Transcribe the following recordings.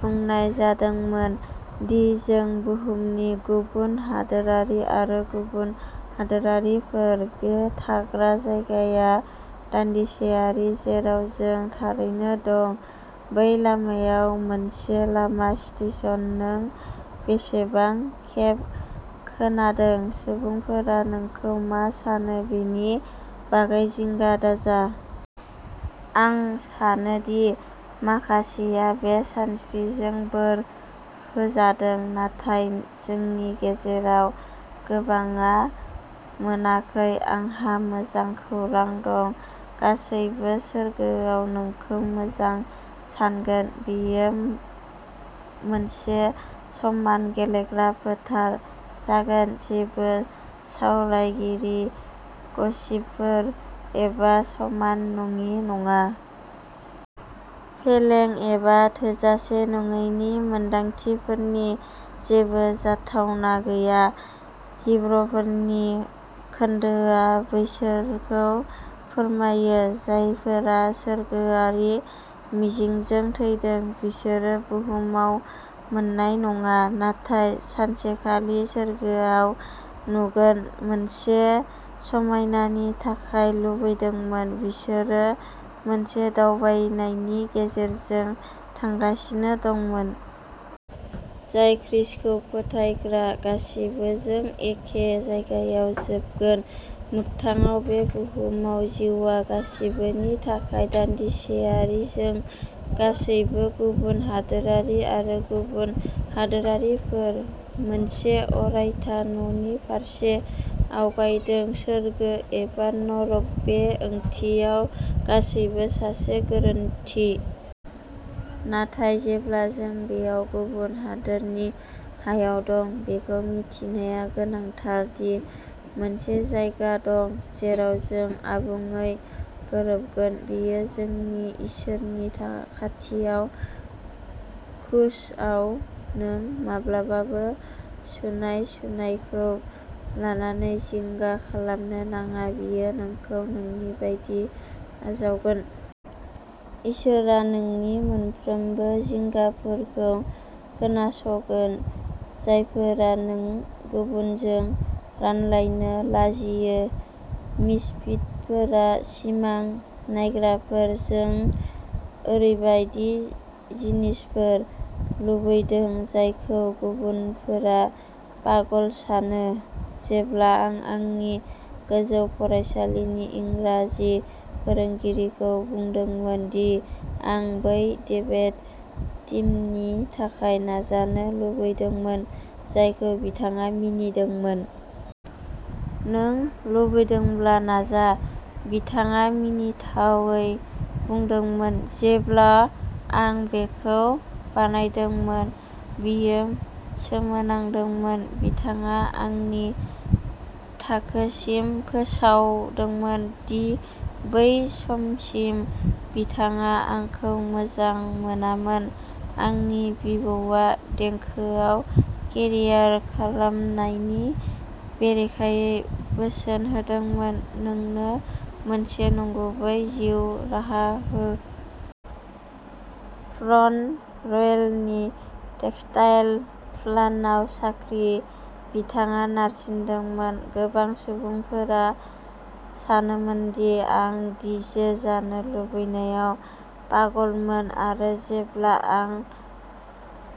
बुंनाय जादोंमोन दि जों बुहुमनि गुबुन हादोरारि आरो गुबुन हादोरारिफोर। बे थाग्रा जायगाया दानदिसेयारि जेराव जों थारैनो दं। बै लामायाव मोनसे लामा स्टेशन। नों बेसेबां खेब खोनादों। सुबुंफोरा नोंखौ मा सानो बेनि बागै जिंगा दाजा? आं सानो दि माखासेआ बे सानस्रिजों बोर होजादों। नाथाय जोंनि गेजेराव गोबांआ मोनाखै। आंहा मोजां खौरां दं। गासैबो सोरगोआव नोंखौ मोजां सानगोन। बेयो मोनसे समान गेलेग्रा फोथार जागोन। जेबो सावरायगिरि, गसिपफोर एबा समान नङि नङा। फेलें एबा थोजासे नङैनि मोनदांथिफोरनि जेबो जाथावना गैया। हिब्रुफोरनि खोनदोआ बैसोरखौ फोरमायो जायफोरा सोरगोआरि मिजिंजों थैदों। बिसोरो बुहुमाव मोननाय नङा नाथाय सानसेखालि सोरगोआव नुगोन मोनसे समायनानि थाखाय लुबैदोंमोन। बिसोरो मोनसे दावबायनायनि गेजेरजों थांगासिनो दंमोन। जाय ख्रीष्टखौ फोथायग्रा गासिबोजों एखे जायगायाव जोबगोन। मोगथाङाव बे बुहुमाव जिउआ गासिबोनि थाखाय दानदिसेयारि। जों गासैबो गुबुन हादोरारि आरो गुबुन हादोरारिफोर। मोनसे अरायथा न'नि फारसे आवगायदों। सोरगो एबा नरक। बे ओंथियाव गासैबो सासे गोरोन्थि। नाथाय जेब्ला जों बेयाव गुबुन हादोरनि हायाव दं। बेखौ मिथिनाया गोनांथार दि मोनसे जायगा दं जेराव जों आबुङै गोरोबगोन। बेयो जोंनि इसोरनि था खाथियाव। खृष्टआव नों माब्लाबाबो सुनाय-सुनायखौ लानानै जिंगा खालामनो नाङा। बियो नोंखौ नोंनि बायदि आजावगोन। इसोरआ नोंनि मोनफ्रोमबो जिंगाफोरखौ खोनासगोन। जायफोरा नों गुबुनजों रानलायनो लाजियो। मिसफिटफोरा सिमां नायग्राफोर। जों ओरैबायदि जिनिसफोर लुबैदों जायखौ गुबुनफोरा पागल सानो। जेब्ला आं आंनि गोजौ फरायसालिनि इंराजि फोरोंगिरिखौ बुंदोंमोन दि आं बै डिबेट टीमनि थाखाय नाजानो लुबैदोंमोन जायखौ बिथाङा मिनिदोंमोन। नों लुबैदोंब्ला नाजा। बिथाङा मिनिथावै बुंदोंमोन। जेब्ला आं बेखौ बानायदोंमोन। बियो सोमोनांदोंमोन। बिथाङा आंनि थाखोसिम फोसावदोंमोन दि बै समसिम बिथाङा आंखौ मोजां मोनामोन। आंनि बिबौआ देंखोआव केरियार खालामनायनि बेरेखायै बोसोन होदोंमोन। नोंनो मोनसे नंगुबै जिउ राहा हो। फ्रन्ट रयेलनि टेक्सटाइल प्लान्टआव साख्रि बिथाङा नारसिनदोंमोन। गोबां सुबुंफोरा सानोमोन दि आं डीजे जानो लुबैनायाव पागलमोन। आरो जेब्ला आं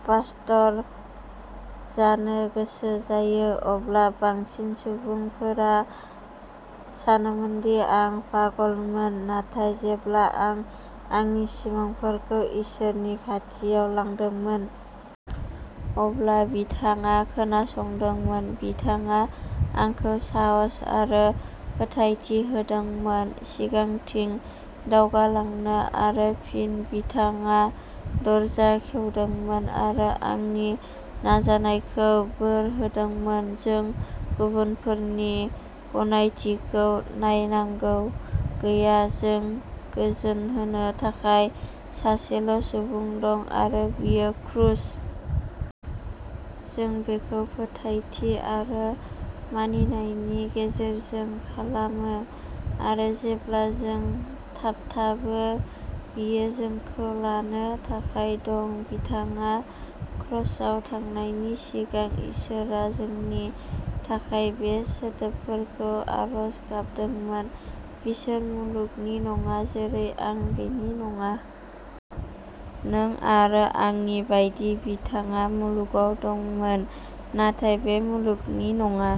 पास्टर जानो गोसो जायो। अब्ला बांसिन सुबुंफोरा सानोमोनदि आं पागलमोन। नाथाय जेब्ला आं आंनि सिमांफोरखौ इसोरनि खाथियाव लांदोंमोन। अब्ला बिथाङा खोनासंदोंमोन। बिथाङा आंखौ साहस आरो फोथायथि होदोंमोन सिगांथिं दावगालांनो। आरो फिन बिथाङा दरजा खेवदोंमोन आरो आंनि नाजानायखौ बोर होदोंमोन। जों गुबुनफोरनि गनायथिखौ नायनांगौ गैया। जों गोजोनहोनो थाखाय सासेल' सुबुं दं। आरो बियो खृष्ट। जों बेखौ फोथायथि आरो मानिनायनि गेजेरजों खालामो। आरो जेब्ला जों थाबथाबो बियो जोंखौ लानो थाखाय दं। बिथाङा क्रसआव थांनायनि सिगां इसोरआ जोंनि थाखाय बे सोदोबफोरखौ आरज गाबदोंमोन। बिसोर मुलुगनि नङा। जेरै आं बेनि नङा। नों आरो आंनि बायदि बिथाङा मुलुगाव दंमोन नाथाय बे मुलुगनि नङा।